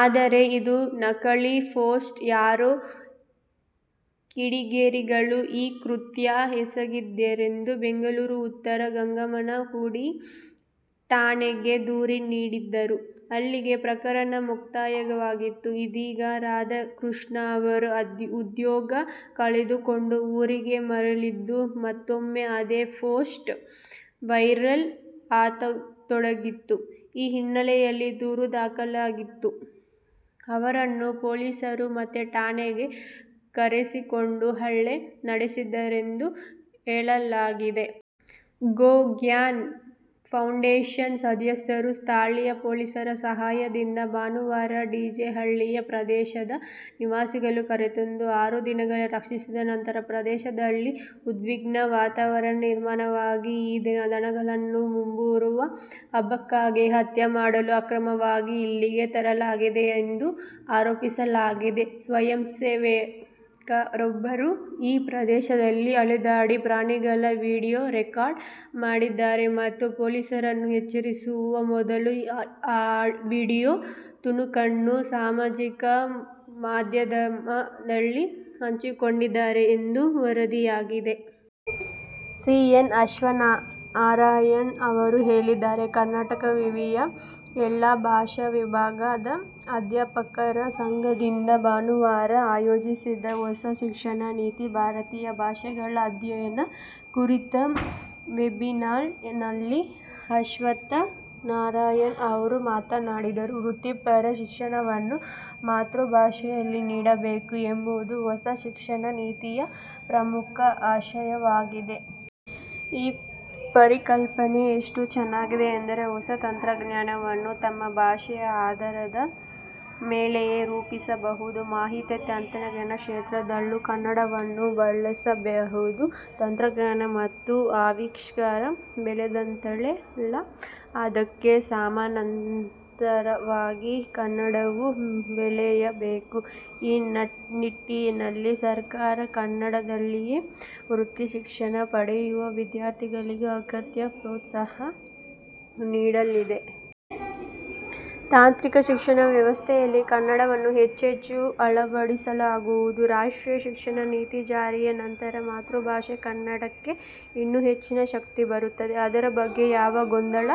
ಆದರೆ, ಇದು ನಕಲಿ ಪೋಸ್ಟ್ ಯಾರೋ ಕಿಡಿಗೇರಿಗಳು ಈ ಕೃತ್ಯ ಎಸಗಿದ್ದಾರೆಂದು ಬೆಂಗಳೂರು ಉತ್ತರ ಗಂಗಮ್ಮನ ಗುಡಿ ಠಾಣೆಗೆ ದೂರಿ ನೀಡಿದ್ದರು. ಅಲ್ಲಿಗೆ ಪ್ರಕರಣ ಮುಕ್ತಾಯವಾಗಿತ್ತು. ಇದೀಗ ರಾಧಾಕೃಷ್ಣ ಅವರು ಉದ್ಯೋಗ ಕಳೆದುಕೊಂಡು ಊರಿಗೆ ಮರಳಿದ್ದು, ಮತ್ತೊಮ್ಮೆ ಅದೇ ಪೋಸ್ಟ್ ವೈರಲ್ ಆಗತೊಡಗಿತ್ತು. ಈ ಹಿನ್ನೆಲೆಯಲ್ಲಿ ದೂರು ದಾಖಲಾಗಿದ್ದು, ಅವರನ್ನು ಪೊಲೀಸರು ಮತ್ತೆ ಠಾಣೆಗೆ ಕರೆಸಿಕೊಂಡು ಹಲ್ಲೆ ನಡೆಸಿದ್ದಾರೆಂದು ಹೇಳಲಾಗಿದೆ. ಗೋ ಗ್ಯಾನ್ ಫೌಂಡೇಶನ್ನ ಸದಸ್ಯರು ಸ್ಥಳೀಯ ಪೊಲೀಸರ ಸಹಾಯದಿಂದ ಭಾನುವಾರ ಡಿಜೆ ಹಳ್ಳಿಯ ಪ್ರದೇಶದ ನಿವಾಸಿಗಳು ಕರೆತಂದ ಆರು ದನಗಳ ರಕ್ಷಿಸಿದ ನಂತರ ಪ್ರದೇಶದಲ್ಲಿ ಉದ್ವಿಗ್ನ ವಾತಾವರಣ ನಿರ್ಮಾಣವಾಗಿದೆ. ಈ ದನಗಳನ್ನು ಮುಂಬರುವ ಹಬ್ಬಕ್ಕಾಗಿ ಹತ್ಯೆ ಮಾಡಲು ಅಕ್ರಮವಾಗಿ ಇಲ್ಲಿಗೆ ತರಲಾಗಿದೆ ಎಂದು ಆರೋಪಿಸಲಾಗಿದೆ. ಸ್ವಯಂಸೇವಕರೊಬ್ಬರು ಈ ಪ್ರದೇಶದಲ್ಲಿ ಅಲೆದಾಡಿ ಪ್ರಾಣಿಗಳ ವಿಡಿಯೋ ರೆಕಾರ್ಡ್ ಮಾಡಿದ್ದಾರೆ ಮತ್ತು ಪೊಲೀಸರನ್ನು ಎಚ್ಚರಿಸುವ ಮೊದಲು ಆ ವಿಡಿಯೋ ತುಣುಕನ್ನು ಸಾಮಾಜಿಕ ಮಾಧ್ಯಮದಲ್ಲಿ ಹಂಚಿಕೊಂಡಿದ್ದಾರೆ ಎಂದು ವರದಿಯಾಗಿದೆ. ಸಿ. ಎನ್. ಅಶ್ವತ್ಥನಾರಾಯಣ್ ಅವರು ಹೇಳಿದ್ದಾರೆ. ಕರ್ನಾಟಕ ವಿವಿಯ ಎಲ್ಲಾ ಭಾಷಾ ವಿಭಾಗದ ಅಧ್ಯಾಪಕರ ಸಂಘದಿಂದ ಭಾನುವಾರ ಆಯೋಜಿಸಿದ್ದ ಹೊಸ ಶಿಕ್ಷಣ ನೀತಿ-ಭಾರತೀಯ ಭಾಷೆಗಳ ಅಧ್ಯಯನ ಕುರಿತ ವೆಬಿನಾಲ್ ನಲ್ಲಿ ಅಶ್ವತ್ಥ ನಾರಾಯಣ್ ಅವರು ಮಾತನಾಡಿದರು. ವೃತ್ತಿಪರ ಶಿಕ್ಷಣವನ್ನು ಮಾತೃಭಾಷೆಯಲ್ಲಿ ನೀಡಬೇಕು ಎಂಬುದು ಹೊಸ ಶಿಕ್ಷಣ ನೀತಿಯ ಪ್ರಮುಖ ಆಶಯವಾಗಿದೆ. ಈ ಪರಿಕಲ್ಪನೆ ಎಷ್ಟು ಚೆನ್ನಾಗಿದೆ ಎಂದರೆ ಹೊಸ ತಂತ್ರಜ್ಞಾನವನ್ನು ತಮ್ಮ ಭಾಷೆಯ ಆಧಾರದ ಮೇಲೆಯೇ ರೂಪಿಸಬಹುದು. ಮಾಹಿತಿ ತಂತ್ರಜ್ಞಾನ ಕ್ಷೇತ್ರದಲ್ಲೂ ಕನ್ನಡವನ್ನು ಬಳಸಬಹುದು. ತಂತ್ರಜ್ಞಾನ ಮತ್ತು ಆವಿಷ್ಕಾರ ಬೆಳೆದಂತೆಲ್ಲ ಅದಕ್ಕೆ ಸಮಾನಾಂತರವಾಗಿ ಕನ್ನಡವೂ ಬೆಳೆಯಬೇಕು. ಈ ನಿಟ್ಟಿನಲ್ಲಿ ಸರ್ಕಾರ ಕನ್ನಡದಲ್ಲಿಯೇ ವೃತ್ತಿಶಿಕ್ಷಣ ಪಡೆಯುವ ವಿದ್ಯಾರ್ಥಿಗಳಿಗೆ ಅಗತ್ಯ ಪೋತ್ಸಾಹ ನೀಡಲಿದೆ. ತಾಂತ್ರಿಕ ಶಿಕ್ಷಣ ವ್ಯವಸ್ಥೆಯಲ್ಲಿ ಕನ್ನಡವನ್ನು ಹೆಚ್ಚೆಚ್ಚು ಅಳವಡಿಸಲಾಗುವುದು. ರಾಷ್ಟ್ರೀಯ ಶಿಕ್ಷಣ ನೀತಿ ಜಾರಿಯ ನಂತರ ಮಾತೃಭಾಷೆ ಕನ್ನಡಕ್ಕೆ ಇನ್ನೂ ಹೆಚ್ಚಿನ ಶಕ್ತಿ ಬರುತ್ತದೆ. ಅದರ ಬಗ್ಗೆ ಯಾವ ಗೊಂದಲ,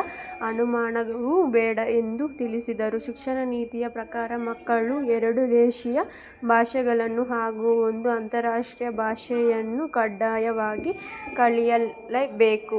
ಅನುಮಾನವೂ ಬೇಡ ಎಂದು ತಿಳಿಸಿದರು. ಶಿಕ್ಷಣ ನೀತಿಯ ಪ್ರಕಾರ ಮಕ್ಕಳು ಎರಡು ದೇಶಿಯ ಭಾಷೆಗಳನ್ನು ಹಾಗೂ ಒಂದು ಅಂತಾರಾಷ್ಟ್ರೀಯ ಭಾಷೆಯನ್ನು ಕಡ್ಡಾಯವಾಗಿ ಕಲಿಯಲೇಬೇಕು.